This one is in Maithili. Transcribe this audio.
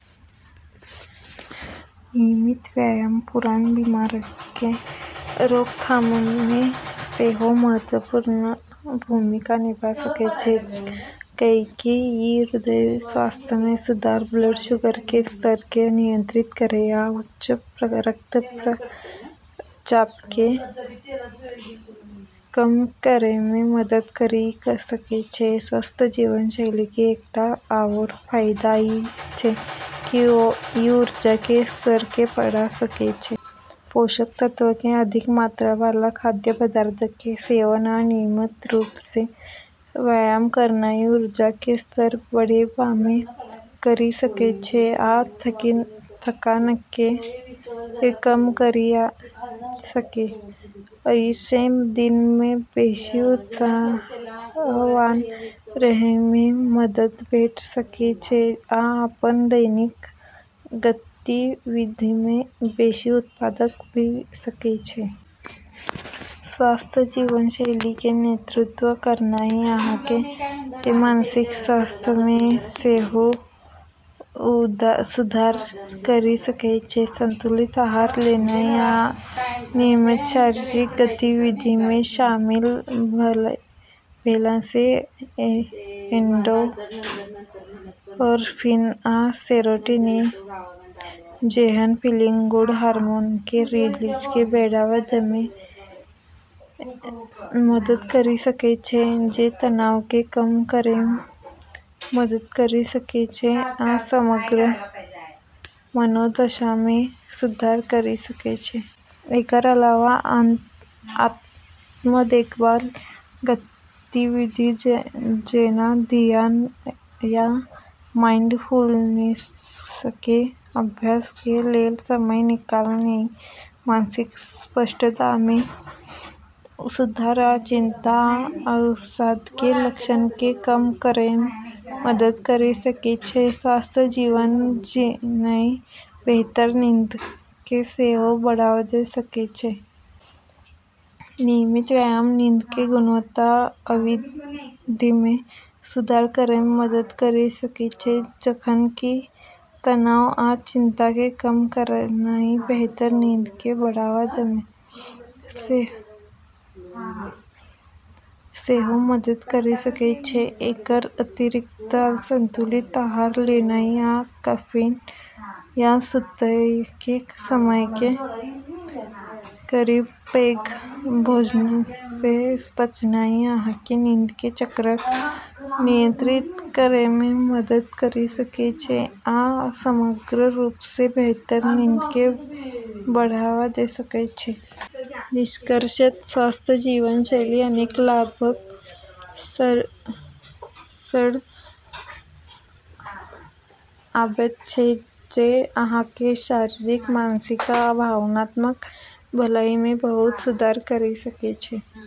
नियमित व्यायाम पुरान बीमारिके रोकथाममे सेहो महत्वपूर्ण भूमिका निभा सकै छै, किएकि ई हृदय स्वास्थ्यमे सुधार, ब्लड शुगरके स्तरके नियंत्रित करै आ उच्च रक्तचापके कम करैमे मदद करि सकै छै। स्वस्थ जीवनशैलीके एकटा आओर फाइदा ई छै कि ई ऊर्जाके स्तरके बढ़ा सकै छै। पोषक तत्वके अधिक मात्राबला खाद्य पदार्थके सेवन आ नियमित रूपसँ व्यायाम करनाइ ऊर्जाके स्तर बढ़ेबामे करि सकै छै आ थकानके कम करि सकै। अइसँ दिनमे बेशी उत्साहवान रहैमे मदद भेट सकै छै आ अपन दैनिक गतिविधिमे बेशी उत्पादक भ' सकै छै। स्वस्थ जीवनशैलीके नेतृत्व करनाइ, अहाँके मानसिक स्वास्थ्यमे सेहो सुधार करि सकै छै। संतुलित आहार लेनाइ आ नियमित शारीरिक गतिविधिमे शामिल भेलासँ एंडोर्फिन आ सेरोटोनिन जेहन फीलिंग-गुड हार्मोनके रिलीजके बढ़ावा दैमे मदद करि सकै छै, जे तनावके कम करैमे मदद करि सकै छै आ समग्र मनोदशामे सुधार करि सकै छै। एकर अलावा, आत्म-देखभाल गतिविधि जेना धियान या माइंडफुलनेसके अभ्यासके लेल समय निकालनाइ मानसिक स्पष्टतामे सुधार आ चिंता आ अवसादके लक्षणके कम करैमे मदद करि सकै छै । स्वस्थ जीवन जीनाइ बेहतर नींदके सेहो बढ़ावा द' सकै छै। नियमित व्यायाम नींदके गुणवत्ता आ अवधिमे सुधार करैमे मदद करि सकै छै, जखन कि तनाव आ चिंताके कम करनाइ बेहतर नींदके बढ़ावा दैमे सेहो मदद करि सकै छै। एकर अतिरिक्त, संतुलित आहार लेनाइ आ कैफीन या सुतयके समयके करीब पैघ भोजनसँ बचनाइ अहाँके नींदके चक्रक नियंत्रित करैमे मदद करि सकै छै आ समग्र रूपसँ बेहतर नींदके बढ़ावा द' सकै छै। निष्कर्षतः, स्वस्थ जीवन शैली अनेक लाभक सङ्ग आबैत छै जे अहाँके शारीरिक, मानसिक आ भावनात्मक भलाइमे बहुत सुधार करि सकै छै ।